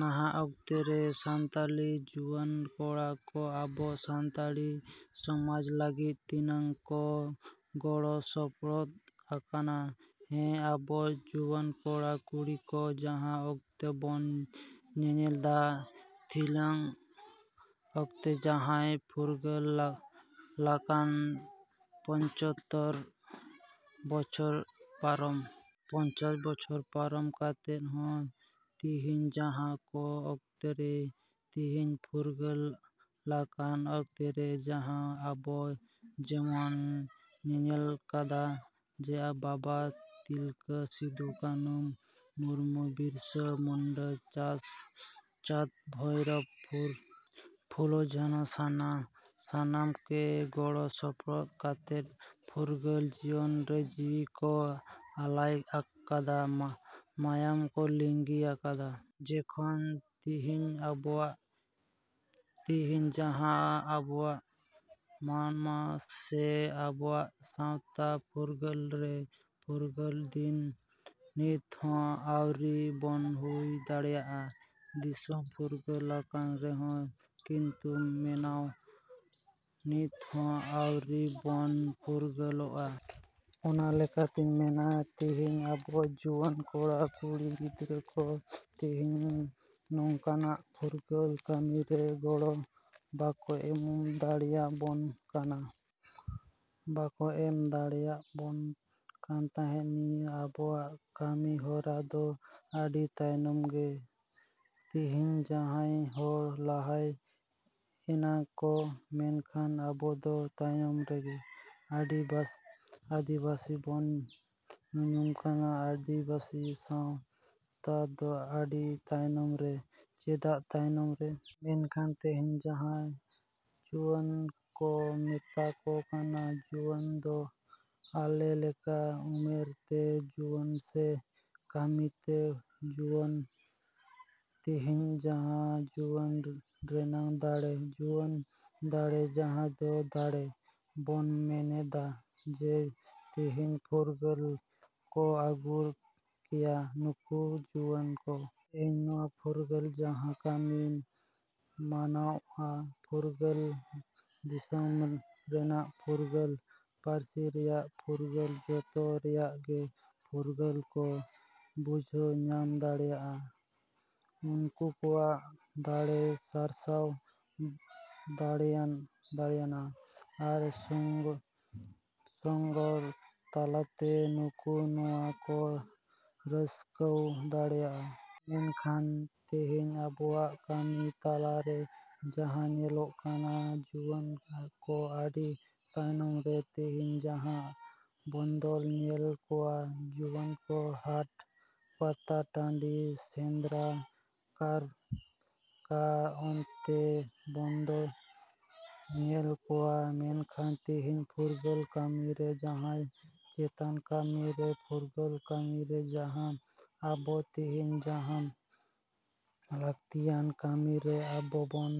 ‎ᱱᱟᱦᱟᱜ ᱚᱠᱛᱚ ᱨᱮ ᱥᱟᱱᱛᱟᱞᱤ ᱡᱩᱣᱟᱹᱱ ᱠᱚᱲᱟ ᱠᱚ ᱟᱵᱚ ᱥᱟᱱᱛᱟᱲᱤ ᱥᱚᱢᱟᱡᱽ ᱞᱟᱹᱜᱤᱫ ᱛᱤᱱᱟᱹᱜ ᱠᱚ ᱜᱚᱲᱚ ᱥᱚᱯᱚᱦᱚᱫᱚᱜ ᱟᱠᱟᱱᱟ? ᱦᱮᱸ, ᱟᱵᱚ ᱡᱩᱣᱟᱹᱱ ᱠᱚᱲᱟ ᱠᱩᱲᱤ ᱠᱚ ᱡᱟᱦᱟᱸ ᱚᱠᱛᱚ ᱵᱚᱱ ᱧᱮᱞᱮᱫᱟ ᱛᱤᱦᱤᱧᱟᱜ ᱚᱠᱛᱚ ᱡᱟᱦᱟᱸ ᱯᱷᱩᱨᱜᱟᱹᱞᱟᱠᱟᱱ ᱯᱚᱸᱪᱟᱛᱛᱳᱨ ᱵᱚᱪᱷᱚᱨ ᱯᱟᱨᱚᱢ, ᱯᱚᱧᱪᱟᱥ ᱵᱚᱪᱷᱚᱨ ᱯᱟᱨᱚᱢ ᱠᱟᱛᱮᱫ ᱦᱚᱸ ᱛᱤᱦᱤᱧ ᱡᱟᱦᱟᱸ ᱠᱚ ᱚᱠᱛᱚ ᱨᱮ ᱛᱤᱦᱤᱧ ᱯᱷᱩᱨᱜᱟᱹᱞᱟᱠᱟᱱ ᱚᱠᱛᱚ ᱨᱮ ᱡᱟᱦᱟᱸ ᱟᱵᱚ ᱡᱮᱵᱚᱱ ᱧᱮᱞᱟᱠᱟᱫᱟ ᱡᱮ, ᱵᱟᱵᱟ ᱛᱤᱞᱠᱟᱹ, ᱥᱤᱫᱩ ᱠᱟᱱᱩ ᱢᱩᱨᱢᱩ, ᱵᱤᱨᱥᱟᱹ ᱢᱩᱱᱰᱟᱹ, ᱪᱟᱸᱫ ᱵᱷᱟᱭᱨᱳ, ᱯᱷᱩᱞᱳ ᱡᱷᱟᱱᱳ, ᱥᱟᱱᱟᱢ ᱜᱮ ᱜᱚᱲᱚᱜᱚᱯᱚᱲᱚ ᱠᱟᱛᱮ ᱯᱷᱩᱨᱜᱟᱹᱞ ᱡᱤᱭᱚᱱ ᱨᱮ ᱡᱤᱣᱤ ᱠᱚ ᱟᱞᱟᱭ ᱠᱟᱫᱟ, ᱢᱟᱭᱟᱝ ᱠᱚ ᱞᱤᱸᱜᱤ ᱟᱠᱟᱫᱟ᱾ ᱢᱮᱱᱠᱷᱟᱱ ᱛᱤᱦᱤᱧ ᱟᱵᱚᱣᱟᱜ, ᱛᱤᱦᱤᱧ ᱡᱟᱦᱟᱸ ᱟᱵᱚᱣᱟᱜ ᱢᱟᱱᱣᱟ ᱥᱮ ᱟᱵᱚᱣᱟᱜ ᱥᱟᱶᱛᱟ ᱯᱷᱩᱨᱜᱟᱹᱞ ᱨᱮ ᱯᱷᱩᱨᱜᱟᱹᱞ ᱱᱤᱛ ᱦᱚᱸ ᱟᱹᱣᱨᱤ ᱵᱚᱱ ᱦᱩᱭ ᱫᱟᱲᱮᱭᱟᱜᱼᱟ᱾ ᱫᱤᱥᱚᱢ ᱯᱷᱩᱨᱜᱟᱹᱞ ᱟᱠᱟᱱ ᱨᱮᱦᱚᱸ ᱠᱤᱱᱛᱩ ᱢᱟᱱᱣᱟ ᱱᱤᱛ ᱦᱚᱸ ᱟᱣᱨᱤ ᱵᱚᱱ ᱯᱷᱩᱨᱜᱟᱹᱞᱚᱜᱼᱟ᱾ ᱚᱱᱟ ᱞᱮᱠᱟᱛᱤᱧ ᱢᱮᱱᱟ ᱛᱤᱦᱤᱧ ᱟᱵᱚ ᱡᱩᱣᱟᱹᱱ ᱠᱚᱲᱟ ᱠᱩᱲᱤ ᱜᱤᱫᱽᱨᱟᱹ ᱠᱚ ᱛᱤᱦᱤᱧ ᱱᱚᱝᱠᱟᱱᱟᱜ ᱯᱷᱩᱨᱜᱟᱹᱞ ᱠᱟᱹᱢᱤ ᱨᱮ ᱜᱚᱲᱚ ᱵᱟᱠᱚ ᱮᱢ ᱫᱟᱲᱮᱭᱟᱵᱚᱱ ᱠᱟᱱᱟ᱾ ᱵᱟᱠᱚ ᱮᱢ ᱫᱟᱲᱮᱭᱟᱵᱚᱱ ᱠᱟᱱᱛᱮ ᱱᱤᱭᱟᱹ ᱟᱵᱚᱣᱟᱜ ᱠᱟᱹᱢᱤᱦᱚᱨᱟ ᱫᱚ ᱟᱹᱰᱤ ᱛᱟᱭᱚᱢ ᱜᱮ᱾ ᱛᱤᱦᱤᱧ ᱡᱟᱦᱟᱸᱭ ᱦᱚᱲ ᱞᱟᱦᱟᱭ ᱮᱱᱟᱠᱚ ᱢᱮᱱᱠᱟᱷᱟᱱ ᱟᱵᱚ ᱫᱚ ᱛᱟᱭᱚᱢ ᱨᱮ᱾ ᱟᱹᱫᱤᱵᱟᱹᱥᱤ ᱵᱚᱱ ᱧᱩᱢᱩᱜ ᱠᱟᱱᱟ, ᱟᱹᱫᱤᱵᱟᱹᱥᱤ ᱥᱟᱶᱛᱟ ᱫᱚ ᱟᱹᱰᱤ ᱛᱟᱭᱚᱢ ᱨᱮ᱾ ᱪᱮᱫᱟᱜ ᱛᱟᱭᱚᱢ ᱨᱮ? ᱢᱮᱱᱠᱷᱟᱱ ᱛᱤᱦᱤᱧ ᱡᱟᱦᱟᱸ ᱡᱩᱣᱟᱹᱱ ᱠᱚ ᱢᱮᱛᱟ ᱠᱚ ᱠᱟᱱᱟ, ᱡᱩᱣᱟᱹᱱ ᱫᱚ ᱚᱠᱟᱞᱮᱠᱟ, ᱩᱢᱮᱨ ᱛᱮ ᱡᱩᱣᱟᱹᱱ ᱥᱮ ᱠᱟᱹᱢᱤ ᱛᱮ ᱡᱩᱣᱟᱹᱱ? ᱛᱤᱦᱤᱧ ᱡᱟᱦᱟᱸ ᱡᱩᱣᱟᱹᱱ ᱨᱮᱭᱟᱜ ᱫᱟᱲᱮ, ᱡᱩᱣᱟᱹᱱ ᱫᱟᱲᱮ ᱡᱟᱦᱟᱸ ᱫᱚ ᱫᱟᱲᱮ ᱫᱚᱵᱚᱱ ᱢᱮᱱᱮᱫᱟ᱾ ᱡᱮ, ᱛᱤᱦᱤᱧ ᱯᱷᱩᱨᱜᱟᱹᱞ ᱠᱚ ᱟᱹᱜᱩ ᱠᱮᱭᱟ ᱱᱩᱠᱩ ᱡᱩᱣᱟᱹᱱ ᱠᱚ᱾ ᱛᱤᱦᱤᱧ ᱱᱚᱣᱟ ᱯᱷᱩᱨᱜᱟᱹᱞ ᱡᱟᱦᱟᱸ ᱠᱟᱹᱢᱤ ᱢᱟᱱᱣᱟᱣᱟᱜ ᱯᱷᱩᱨᱜᱟᱹᱞ, ᱫᱤᱥᱚᱢ ᱨᱮᱱᱟᱜ ᱯᱷᱩᱨᱜᱟᱹᱞ, ᱯᱟᱹᱨᱥᱤ ᱨᱮᱭᱟᱜ ᱯᱷᱩᱨᱜᱟᱹᱞ, ᱡᱚᱛᱚ ᱨᱮᱭᱟᱜ ᱜᱮ ᱯᱷᱩᱨᱜᱟᱹᱞ ᱠᱚ ᱵᱩᱡᱷᱟᱹᱣ ᱧᱟᱢ ᱫᱟᱲᱮᱭᱟᱜᱼᱟ᱾ ᱩᱝᱠᱩᱣᱟᱜ ᱫᱟᱲᱮ ᱥᱟᱨᱥᱟᱣ ᱫᱟᱲᱮᱭᱟᱜᱼᱟ᱾ ᱟᱨ ᱥᱚᱝᱜᱽ ᱛᱟᱞᱟᱛᱮ ᱱᱩᱠᱩ ᱱᱚᱣᱟ ᱠᱚ ᱥᱟᱨᱥᱟᱣ ᱫᱟᱲᱮᱭᱟᱜᱼᱟ᱾ ᱢᱮᱱᱠᱷᱟᱱ ᱛᱤᱦᱤᱧ ᱟᱵᱚᱣᱟᱜ ᱠᱟᱹᱢᱤ ᱛᱟᱞᱟ ᱨᱮ ᱡᱟᱦᱟᱸ ᱧᱮᱞᱚᱜᱚᱜ ᱠᱟᱱᱟ ᱡᱩᱣᱟᱹᱱ ᱠᱚ ᱟᱹᱰᱤ ᱛᱟᱭᱚᱢ ᱨᱮ ᱛᱤᱦᱤᱧ ᱡᱟᱦᱟᱸ ᱫᱚᱵᱚᱱ ᱧᱮᱞ ᱠᱚᱣᱟ ᱡᱩᱣᱟᱹᱱ ᱠᱚ ᱦᱟᱴ, ᱯᱟᱛᱟ ᱴᱟᱺᱰᱤ, ᱥᱮᱸᱫᱽᱨᱟ, ᱠᱟᱨᱠᱟ ᱚᱱᱛᱮ ᱫᱚᱵᱚᱱ ᱧᱮᱞ ᱠᱚᱣᱟ ᱢᱮᱱᱠᱷᱟᱱ ᱛᱤᱦᱤᱧ ᱯᱷᱩᱨᱜᱟᱹᱞ ᱠᱟᱹᱢᱤ ᱨᱮ ᱡᱟᱦᱟᱸ ᱥᱮᱪᱮᱫ ᱠᱟᱹᱢᱤ ᱨᱮ ᱯᱷᱩᱨᱜᱟᱹᱞ ᱠᱟᱹᱢᱤ ᱨᱮ ᱡᱟᱦᱟᱸ ᱟᱵᱚ ᱛᱤᱦᱤᱧ ᱡᱟᱦᱟᱸ ᱞᱟᱹᱠᱛᱤᱭᱟᱱ ᱠᱟᱹᱢᱤ ᱨᱮ ᱟᱵᱚ ᱵᱚᱱ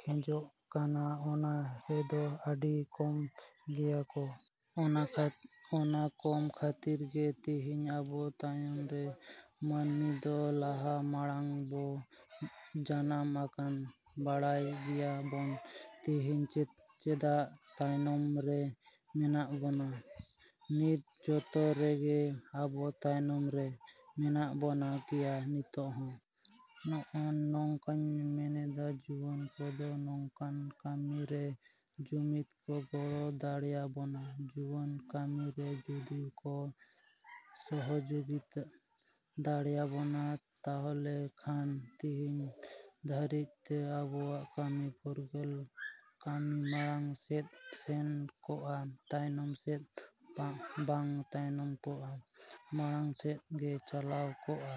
ᱠᱷᱚᱡᱚᱜ ᱠᱟᱱᱟ, ᱚᱱᱟ ᱨᱮᱫᱚ ᱟᱹᱰᱤ ᱠᱚᱢ ᱜᱮᱭᱟ ᱠᱚ᱾ ᱚᱱᱟ ᱠᱚᱢ ᱠᱷᱟᱹᱛᱤᱨ ᱜᱮ ᱛᱤᱦᱤᱧ ᱟᱵᱚ ᱛᱟᱭᱚᱢ ᱨᱮ ᱢᱟ.ᱱᱢᱤ ᱫᱚ ᱞᱟᱦᱟ ᱢᱟᱲᱟᱝ ᱵᱚ ᱡᱟᱱᱟᱢ ᱟᱠᱟᱱᱟ ᱵᱟᱲᱟᱭ ᱜᱮᱭᱟ ᱵᱚᱱ ᱛᱤᱦᱤᱧ ᱪᱮᱫᱟᱜ ᱛᱟᱭᱚᱢ ᱨᱮ ᱢᱮᱱᱟᱜ ᱵᱚᱱᱟ? ᱱᱤᱛ ᱡᱚᱛᱚ ᱨᱮᱜᱮ ᱟᱵᱚ ᱛᱟᱭᱚᱢ ᱨᱮ ᱢᱮᱱᱟᱜ ᱵᱚᱱ ᱜᱮᱭᱟ ᱱᱤᱛ ᱦᱚ᱾ ᱱᱚᱜᱼᱚ ᱱᱚᱝᱠᱟᱧ ᱢᱮᱱᱮᱫᱟ ᱡᱩᱣᱟᱹᱱ ᱠᱚᱫᱚ ᱱᱚᱝᱠᱟᱱ ᱠᱟᱹᱢᱤ ᱨᱮ ᱡᱩᱫᱤ ᱠᱚ ᱜᱚᱲᱚ ᱫᱟᱲᱮᱭᱟᱵᱚᱱᱟ ᱡᱩᱣᱟᱹᱱ ᱠᱟᱹᱢᱤ ᱨᱮ ᱡᱩᱫᱤ ᱠᱚ ᱥᱚᱦᱚᱡᱳᱜᱤ ᱫᱟᱲᱮᱭᱟᱵᱚᱱᱟ, ᱛᱟᱦᱚᱞᱮ ᱠᱷᱟᱱ ᱛᱤᱦᱤᱧ ᱫᱷᱟᱹᱨᱤᱡ ᱛᱮ ᱟᱵᱚᱣᱟᱜ ᱠᱟᱹᱢᱤ ᱯᱷᱩᱨᱜᱟᱹᱞ ᱠᱟᱹᱢᱤ ᱢᱟᱲᱟᱝ ᱥᱮᱫ ᱥᱮᱱ ᱠᱚᱜ ᱟ ᱛᱟᱭᱚᱢ ᱥᱮᱫ ᱵᱟᱝ ᱛᱟᱭᱚᱢ ᱠᱚᱜᱼᱟ, ᱢᱟᱲᱟᱝ ᱥᱮᱫ ᱜᱮ ᱪᱟᱞᱟᱣ ᱠᱚᱜᱼᱟ᱾